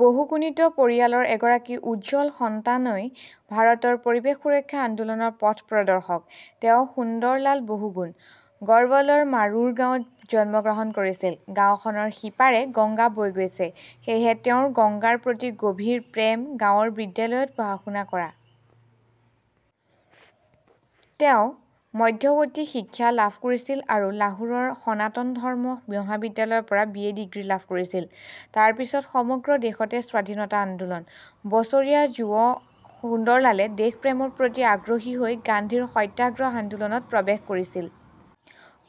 বহুগুণিত পৰিয়ালৰ এগৰাকী উজ্জ্বল সন্তানই ভাৰতৰ পৰিৱেশ সুৰক্ষা আন্দোলনৰ পথ প্ৰদৰ্শক। তেওঁ সুন্দৰলাল বহুগুণ। গড়বলৰ মাৰোৰা গাঁৱত জন্মগ্ৰহণ কৰিছিল। গাওঁখনৰ সিপাৰে গংগা বৈ গৈছে। সেয়েহে তেওঁৰ গংগাৰ প্ৰতি গভীৰ প্ৰেম, গাঁৱৰ বিদ্যালয়ত পঢ়া-শুনা কৰা। তেওঁ মধ্যৱৰ্তী শিক্ষা লাভ কৰিছিল আৰু লাহোৰৰ সনাতন ধৰ্ম মহাবিদ্যালয়ৰ পৰা বি. এ. ডিগ্ৰী লাভ কৰিছিল। তাৰ পিছত সমগ্ৰ দেশতে স্বাধীনতা আন্দোলন। বছৰীয়া যুৱ সুন্দৰলালে দেশপ্ৰেমৰ প্ৰতি আগ্ৰহী হৈ গান্ধীৰ সত্যাগ্ৰহ আন্দোলনত প্ৰৱেশ কৰিছিল।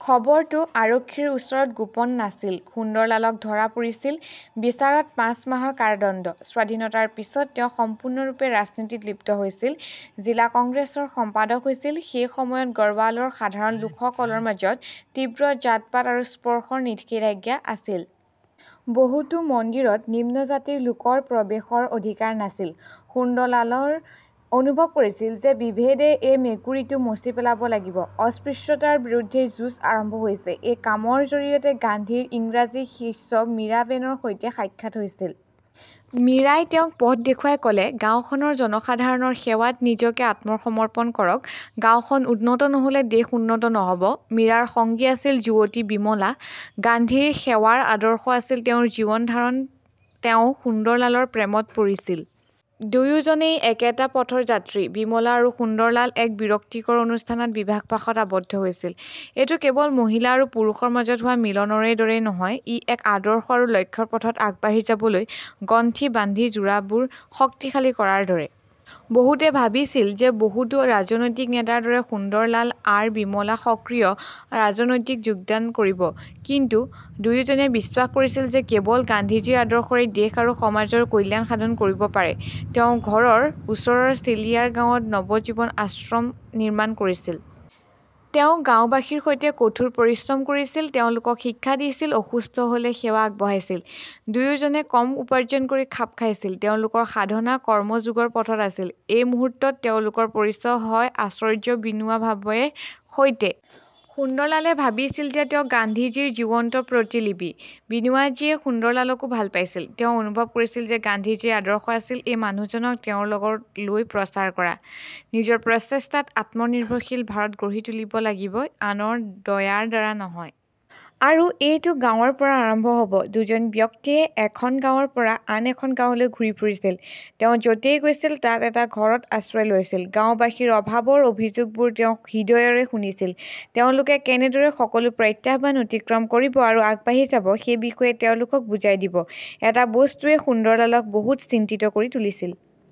খবৰটো আৰক্ষীৰ ওচৰত গোপন নাছিল। সুন্দৰলালক ধৰা পৰিছিল। বিচাৰত পাঁচ মাহৰ কাৰাদণ্ড। স্বাধীনতাৰ পিছত তেওঁ সম্পূৰ্ণৰূপে ৰাজনীতিত লিপ্ত হৈছিল। জিলা কংগ্ৰেছৰ সম্পাদক হৈছিল, সেই সময়ত গড়ৱালৰ সাধাৰণ লোকসকলৰ মাজত তীব্ৰ জাতপাত আৰু স্পৰ্শৰ নিষেধাজ্ঞা আছিল। বহুতো মন্দিৰত নিম্ন জাতিৰ লোকৰ প্ৰৱেশৰ অধিকাৰ নাছিল। সুন্দৰলালই অনুভৱ কৰিছিল যে বিভেদে এই মেকুৰীটো মচি পেলাব লাগিব। অস্পৃশ্যতাৰ বিৰুদ্ধে যুঁজ আৰম্ভ হৈছে। এই কামৰ জৰিয়তে গান্ধীৰ ইংৰাজী শিষ্য মীৰা বেনৰ সৈতে সাক্ষাৎ হৈছিল। মীৰাই তেওঁক পথ দেখুৱাই ক 'লে গাওঁখনৰ জনসাধাৰণৰ সেৱাত নিজকে আত্মসমৰ্পণ কৰক। গাওঁখন উন্নত নহ'লে দেশ উন্নত নহ'ব। মীৰাৰ সঙ্গী আছিল যুৱতী বিমলা। গান্ধীৰ সেৱাৰ আদৰ্শ আছিল তেওঁৰ জীৱন ধাৰণ তেওঁ সুন্দৰলালৰ প্ৰেমত পৰিছিল। দুয়োজনেই একেটা পথৰ যাত্ৰী। বিমলা আৰু সুন্দৰলাল এক বিৰক্তিকৰ অনুষ্ঠানত বিবাহপাশত আবদ্ধ হৈছিল। এইটো কেৱল মহিলা আৰু পুৰুষৰ মাজত হোৱা মিলনৰ দৰেই নহয়, ই এক আদৰ্শ আৰু লক্ষ্যৰ পথত আগবাঢ়ি যাবলৈ গ্ৰন্থি বান্ধি যোৰাবোৰ শক্তিশালী কৰাৰ দৰে। বহুতে ভাবিছিল যে বহুতো ৰাজনৈতিক নেতাৰ দৰে সুন্দৰলাল আৰ. বিমলা সক্ৰিয় ৰাজনীতিত যোগদান কৰিব। কিন্তু দুয়োজনে বিশ্বাস কৰিছিল যে কেৱল গান্ধীজীৰ আদৰ্শই দেশ আৰু সমাজৰ কল্যাণ সাধন কৰিব পাৰে। তেওঁ ঘৰৰ ওচৰৰ চিলিয়াৰ গাঁৱত নবজীৱন আশ্ৰম নিৰ্মাণ কৰিছিল। তেওঁ গাওঁবাসীৰ সৈতে কঠোৰ পৰিশ্ৰম কৰিছিল, তেওঁলোকক শিক্ষা দিছিল, অসুস্থ হ'লে সেৱা আগবঢ়াইছিল। দুয়োজনে কম উপাৰ্জন কৰি খাপ খাইছিল। তেওঁলোকৰ সাধনা কৰ্মযোগৰ পথত আছিল। এই মুহূৰ্তত তেওঁলোকৰ পৰিচয় হয় আচাৰ্য বিনোবা ভাবেৰ সৈতে। সুন্দৰলালই ভাবিছিল যে তেওঁ গান্ধীজীৰ জীৱন্ত প্ৰতিলিপি। বিনোবাজীয়ে সুন্দৰলালকো ভাল পাইছিল। তেওঁ অনুভৱ কৰিছিল যে গান্ধীজীৰ আদৰ্শ আছিল এই মানুহজনক তেওঁৰ লগত লৈ প্ৰচাৰ কৰা। নিজৰ প্ৰচেষ্টাত আত্মনিৰ্ভৰশীল ভাৰত গঢ়ি তুলিব লাগিব, আনৰ দয়াৰ দ্বাৰা নহয়। আৰু এইটো গাঁৱৰ পৰা আৰম্ভ হ 'ব। দুজন ব্যক্তিয়ে এখন গাঁৱৰ পৰা আন এখন গাঁৱলৈ ঘূৰি ফুৰিছিল। তেওঁ য 'তেই গৈছিল তাত এটা ঘৰত আশ্ৰয় লৈছিল। গাওঁবাসীৰ অভাৱৰ অভিযোগবোৰ তেওঁ হৃদয়ৰে শুনিছিল। তেওঁলোকে কেনেদৰে সকলো প্ৰত্যাহ্বান অতিক্ৰম কৰিব আৰু আগবাঢ়ি যাব সেই বিষয়ে তেওঁলোকক বুজাই দিব। এটা বস্তুৱে সুন্দৰলালক বহুত চিন্তিত কৰি তুলিছিল।